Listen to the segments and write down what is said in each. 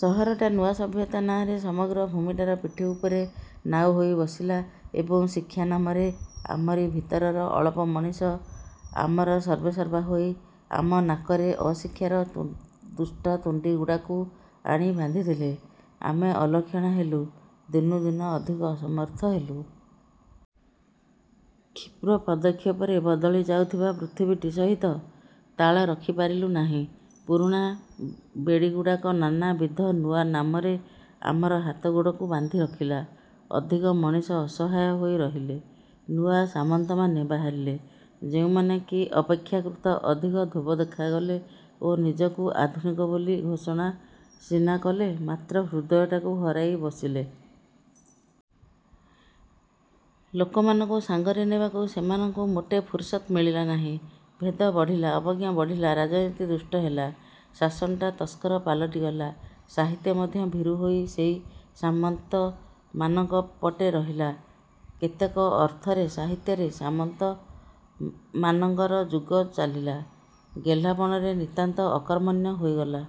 ସହରଟା ନୂଆ ସଭ୍ୟତା ନାଆଁରେ ସମଗ୍ର ଭୂମିଟାର ପିଠି ଉପରେ ନାଉ ହୋଇ ବସିଲା ଏବଂ ଶିକ୍ଷା ନାମରେ ଆମରି ଭିତରର ଅଳପ ମଣିଷ ଆମର ସର୍ବେସର୍ବା ହୋଇ ଆମ ନାକରେ ଅଶିକ୍ଷାର ଦୁଷ୍ଟ ତୁଣ୍ଡିଗୁଡ଼ାକୁ ଆଣି ବାନ୍ଧିଦେଲେ। ଆମେ ଅଲକ୍ଷଣା ହେଲୁ, ଦିନୁଦିନ ଅଧିକ ଅସମର୍ଥ ହେଲୁ। କ୍ଷିପ୍ର ପଦକ୍ଷେପରେ ବଦଳି ଯାଉଥିବା ପୃଥିବୀଟି ସହିତ ତାଳ ରଖିପାରିଲୁ ନାହିଁ। ପୁରୁଣା ବେଡ଼ିଗୁଡ଼ାକ ନାନାବିଧ ନୂଆ ନାମରେ ଆମର ହାତଗୋଡ଼କୁ ବାନ୍ଧି ରଖିଲା। ଅଧିକ ମଣିଷ ଅସହାୟ ହୋଇରହିଲେ। ନୂଆ ସାମନ୍ତମାନେ ବାହାରିଲେ, ଯେଉଁମାନେ କି ଅପେକ୍ଷାକୃତ ଅଧିକ ଧୋବ ଦେଖାଗଲେ ଓ ନିଜକୁ ଆଧୁନିକ ବୋଲି ଘୋଷଣା ସିନା କଲେ, ମାତ୍ର ହୃଦୟଟାକୁ ହରାଇ ବସିଲେ। ଲୋକମାନଙ୍କୁ ସାଙ୍ଗରେ ନେବାକୁ ସେମାନଙ୍କୁ ମୋଟେ ଫୁରୁସତ ମିଳିଲା ନାହିଁ। ଭେଦ ବଢ଼ିଲା, ଅବଜ୍ଞା ବଢ଼ିଲା, ରାଜନୀତି ଦୁଷ୍ଟ ହେଲା, ଶାସନଟା ତସ୍କର ପାଲଟିଗଲା। ସାହିତ୍ୟ ମଧ୍ୟ ଭୀରୁ ହୋଇ ସେଇ ସାମନ୍ତମାନଙ୍କ ପଟେ ରହିଲା। କେତେକ ଅର୍ଥରେ ସାହିତ୍ୟରେ ସାମନ୍ତମାନଙ୍କର ଯୁଗ ଚାଲିଲା, ଗେହ୍ଲାପଣରେ ନିତାନ୍ତ ଅକର୍ମଣ୍ୟ ହୋଇଗଲା।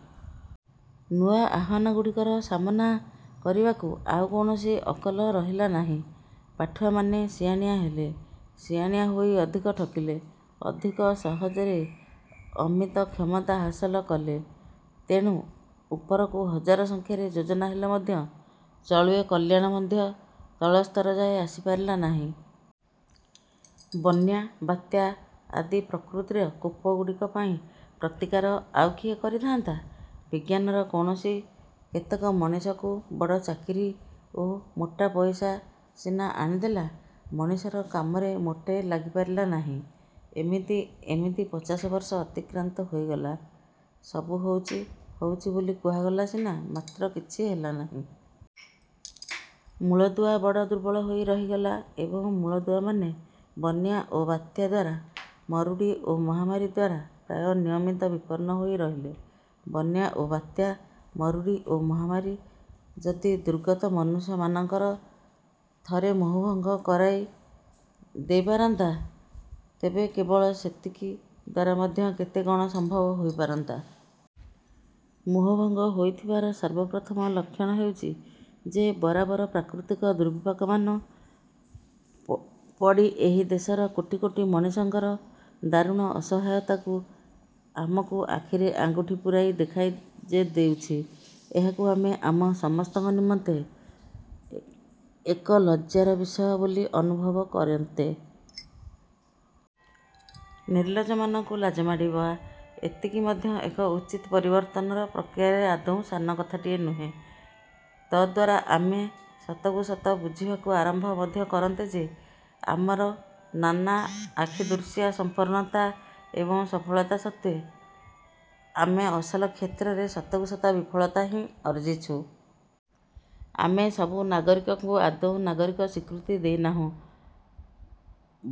ନୂଆ ଆହ୍ୱାନଗୁଡ଼ିକର ସାମନା କରିବାକୁ ଆଉ କୌଣସି ଅକଲ ରହିଲା ନାହିଁ। ପାଠୁଆମାନେ ସିଆଣିଆ ହେଲେ, ସିଆଣିଆ ହୋଇ ଅଧିକ ଠକିଲେ, ଅଧିକ ସହଜରେ ଅମିତ କ୍ଷମତା ହାସଲ କଲେ। ତେଣୁ, ଉପରକୁ ହଜାର ସଂଖ୍ୟାରେ ଯୋଜନା ହେଲେ ମଧ୍ୟ ଚଳୁଏ କଲ୍ୟାଣ ମଧ୍ୟ ତଳସ୍ତର ଯାଏ ଆସିପାରିଲା ନାହିଁ। ବନ୍ୟା, ବାତ୍ୟା ଆଦି ପ୍ରକୃତିର କୋପଗୁଡ଼ିକ ପାଇଁ ପ୍ରତିକାର ଆଉ କିଏ କରିଥାନ୍ତା? ବିଜ୍ଞାନର କୌଣସି କେତେକ ମଣିଷଙ୍କୁ ବଡ଼ ଚାକିରି ଓ ମୋଟା ପଇସା ସିନା ଆଣିଦେଲା, ମଣିଷର କାମରେ ମୋଟେ ଲାଗିପାରିଲା ନାହିଁ। ଏମିତି ଏମିତି ପଚାଶ ବର୍ଷ ଅତିକ୍ରାନ୍ତ ହୋଇଗଲା। ସବୁ ହଉଚି ହଉଚି ବୋଲି କୁହାଗଲା ସିନା, ମାତ୍ର କିଛି ହେଲାନାହିଁ। ମୂଳଦୁଆ ବଡ଼ ଦୁର୍ବଳ ହୋଇ ରହିଗଲା। ଏବଂ, ମୂଳଦୁଆମାନେ ବନ୍ୟା ଓ ବାତ୍ୟା ଦ୍ୱାରା, ମରୁଡ଼ି ଓ ମହାମାରୀ ଦ୍ୱାରା ପ୍ରାୟ ନିୟମିତ ବିପନ୍ନ ହୋଇ ରହିଲେ। ବନ୍ୟା ଓ ବାତ୍ୟା, ମରୁଡ଼ି ଓ ମହାମାରୀ ଯଦି ଦୁର୍ଗତ ମନୁଷ୍ୟମାନଙ୍କର ଥରେ ମୋହଭଙ୍ଗ କରାଇ ଦେଇପାରନ୍ତା, ତେବେ କେବଳ ସେତିକି ଦ୍ଵାରା ମଧ୍ୟ କେତେ କ'ଣ ସମ୍ଭବ ହୋଇପାରନ୍ତା। ମୋହଭଙ୍ଗ ହୋଇଥିବାର ସର୍ବପ୍ରଥମ ଲକ୍ଷଣ ହେଉଛି ଯେ ବରାବର ପ୍ରାକୃତିକ ଦୁର୍ବିପାକମାନ ପ ପଡ଼ି ଏହି ଦେଶର କୋଟି କୋଟି ମଣିଷଙ୍କର ଦାରୁଣ ଅସହାୟତାକୁ ଆମକୁ ଆଖିରେ ଆଙ୍ଗୁଠି ପୂରାଇ ଦେଖାଇ ଯେ ଦେଉଛି, ଏହାକୁ ଆମେ ଆମ ସମସ୍ତଙ୍କ ନିମନ୍ତେ ଏକ ଲଜ୍ଜାର ବିଷୟ ବୋଲି ଅନୁଭବ କରନ୍ତେ। ନିର୍ଲଜ୍ଜମାନଙ୍କୁ ଲାଜ ମାଡ଼ିବା, ଏତିକି ମଧ୍ୟ ଏକ ଉଚିତ ପରିବର୍ତ୍ତନର ପ୍ରକ୍ରିୟାରେ ଆଦୌ ସାନକଥାଟିଏ ନୁହେଁ। ତଦ୍ଦ୍ୱାରା ଆମେ ସତକୁ ସତ ବୁଝିବାକୁ ଆରମ୍ଭ ମଧ୍ୟ କରନ୍ତେ ଯେ ଆମର ନାନା ଆଖିଦୃଶିଆ ସମ୍ପନ୍ନତା ଏବଂ ସଫଳତା ସତ୍ତ୍ୱେ ଆମେ ଅସଲ କ୍ଷେତ୍ରରେ ସତକୁ ସତ ବିଫଳତା ହିଁ ଅର୍ଜିଛୁ। ଆମେ ସବୁ ନାଗରିକଙ୍କୁ ଆଦୌ ନାଗରିକ ସ୍ୱୀକୃତି ଦେଇନାହୁଁ।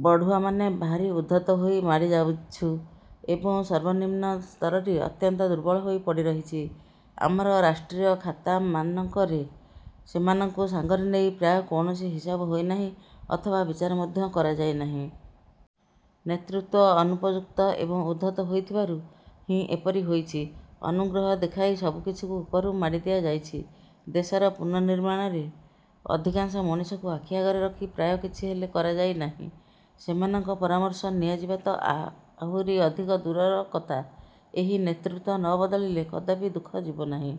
ବଢ଼ୁଆମାନେ ଭାରି ଉଦ୍ଧତ ହୋଇ ମାଡ଼ିଯାଉଛୁ ଏବଂ ସର୍ବନିମ୍ନ ସ୍ତରଟି ଅତ୍ୟନ୍ତ ଦୁର୍ବଳ ହୋଇ ପଡ଼ିରହିଛି। ଆମର ରାଷ୍ଟ୍ରୀୟ ଖାତାମାନଙ୍କରେ ସେମାନଙ୍କୁ ସାଙ୍ଗରେ ନେଇ ପ୍ରାୟ କୌଣସି ହିସାବ ହୋଇନାହିଁ ଅଥବା ବିଚାର ମଧ୍ୟ କରାଯାଇନାହିଁ। ନେତୃତ୍ୱ ଅନୁପଯୁକ୍ତ ଏବଂ ଉଦ୍ଧତ ହୋଇଥିବାରୁ ହିଁ ଏପରି ହୋଇଛି। ଅନୁଗ୍ରହ ଦେଖାଇ ସବୁ କିଛିକୁ ଉପରୁ ମାଡ଼ିଦିଆଯାଇଛି। ଦେଶର ପୁନନିର୍ମାଣରେ ଅଧିକାଂଶ ମଣିଷଙ୍କୁ ଆଖି ଆଗରେ ରଖି ପ୍ରାୟ କିଛି ହେଲେ କରାଯାଇନାହିଁ। ସେମାନଙ୍କ ପରାମର୍ଶ ନିଆଯିବା ତ ଆହା ଆହୁରି ଅଧିକ ଦୂରର କଥା। ଏହି ନେତୃତ୍ୱ ନବଦଳିଲେ କଦାପି ଦୁଃଖ ଯିବନାହିଁ।